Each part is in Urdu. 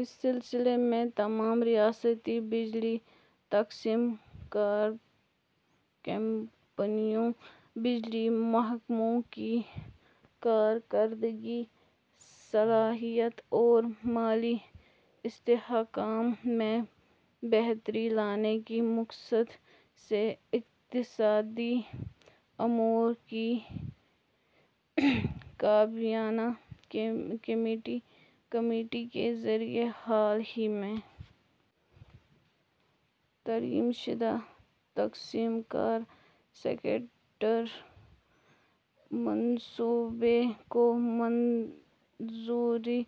اس سلسلے میں تمام ریاستی بجلی تقسیم کار کمپنیوں بجلی محکموں کی کارکردگی صلاحیت اور مالی استحکام میں بہتری لانے کے مقصد سے اقتصادی امور کی کابینہ کمیٹی کے ذریعہ حال ہی میں ترمیم شدہ تقسیم کار سیکٹر منصوبے کو منظوری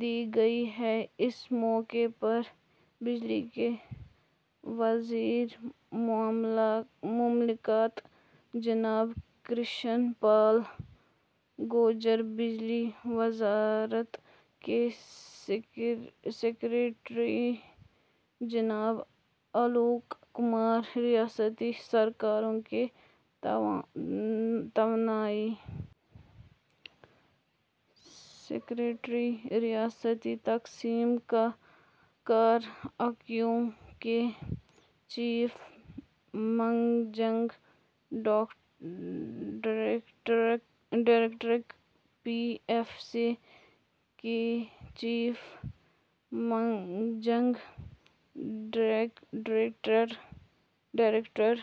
دی گئی ہے اس موقع پر بجلی کے وزیر مملکت جناب کرشن پال گورجر بجلی وزارت کے سیکریٹری جناب آلوک کمار ریاستی سرکاروں کے توانائی سیکریٹری ریاستی تقسیم کار اکائیوں کے chief managing director P F C کے چیف منیجنگ ڈائریکٹر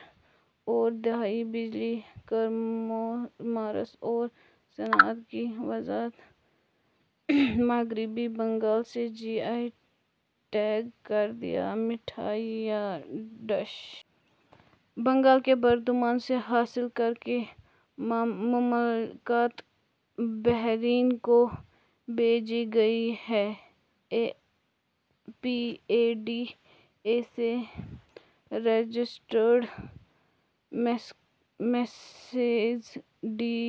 اور دیہی بجلی کامرس اور صنعت کی وزارت مغربی بنگال سے جی آئی ٹیگ کردہ مٹھائی ڈش بنگال کے بردھمان سے حاصل کر کے مملکت بحرین کو بھیجی گئی ہے A P E D A سے registered messrs D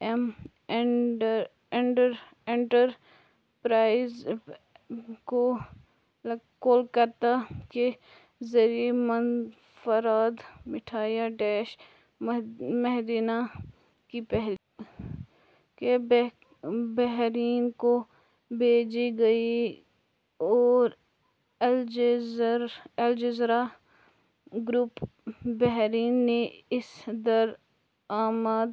M enterprises Kolkata کے ذریعہ منفرد مٹھائی ڈش مہیدانہ کی پہلی کھیپ بحرین کو بھیجی گئی اور الجزیرہ گروپ بحرین نے اسے درآمد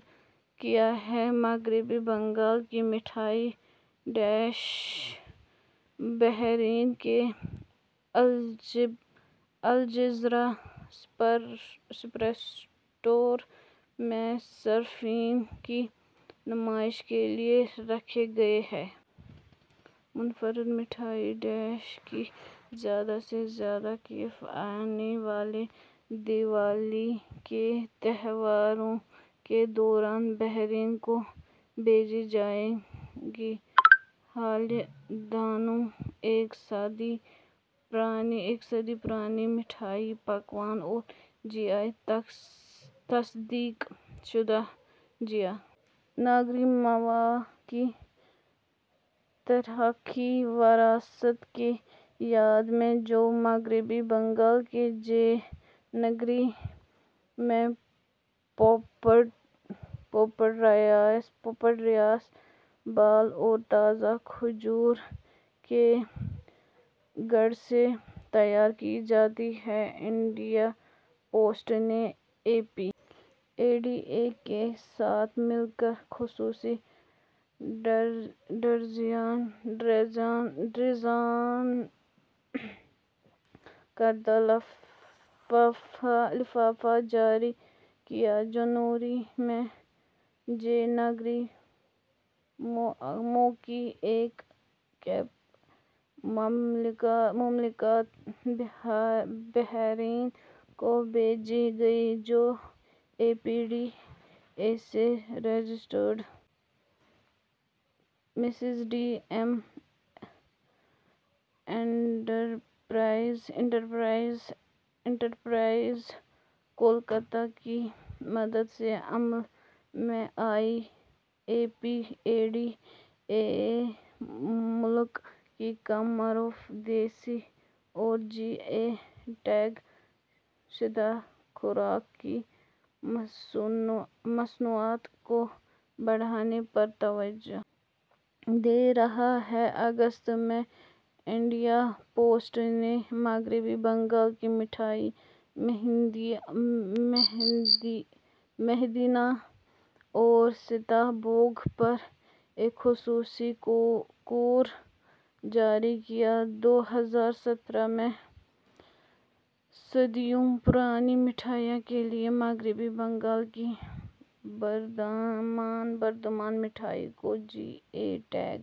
کیا ہے مغربی بنگال کی مٹھائی ڈش بحرین کے الجزیرہ سپر اسٹور میں صارفین کی نمائش کے لیے رکھی گئی ہے منفرد مٹھائی ڈش کی زیادہ سے زیادہ کھیپ آنے والی دیوالی کے تہوار کے دوران بحرین کو بھیجی جائے گی حالیہ دنوں ایک صدی پرانی مٹھائی پکوان اور جی آئی تصدیق شدہ جیہ ناگرر مووا کی تاریخی وراثت کی یاد میں جو مغربی بنگال کے جے نگر میں پوپڈ رائس بال اور تازہ کھجور کے گڑ سے تیار کی جاتی ہے انڈیا پوسٹ نے اے پی ای ڈی اے کے ساتھ مل کر خصوصی ڈیزائن کردہ لفافہ جاری کیا جنوری میں جے نگر موآ کی ایک کھیپ مملکت بحرین کو بھیجی گئی جو اے پی ڈی اے سے registered messrs D M enterprises Kolkata کی مدد سے عمل میں آئی اے پی ای ڈی اے ملک کی کم معروف دیسی اور جی آئی ٹیگ شدہ خوراک کی مصنوعات کو بڑھانے پر توجہ دے رہا ہے اگست میں انڈیا پوسٹ نے مغربی بنگال کی مٹھائی مہیدانہ اور سیتا بھوگ پر ایک خصوصی کور جاری کیا دو ہزار سترہ میں صدیوں پرانی مٹھائی کے لیے مغربی بنگال کی بردھمان مٹھائی کو جی آئی ٹیگ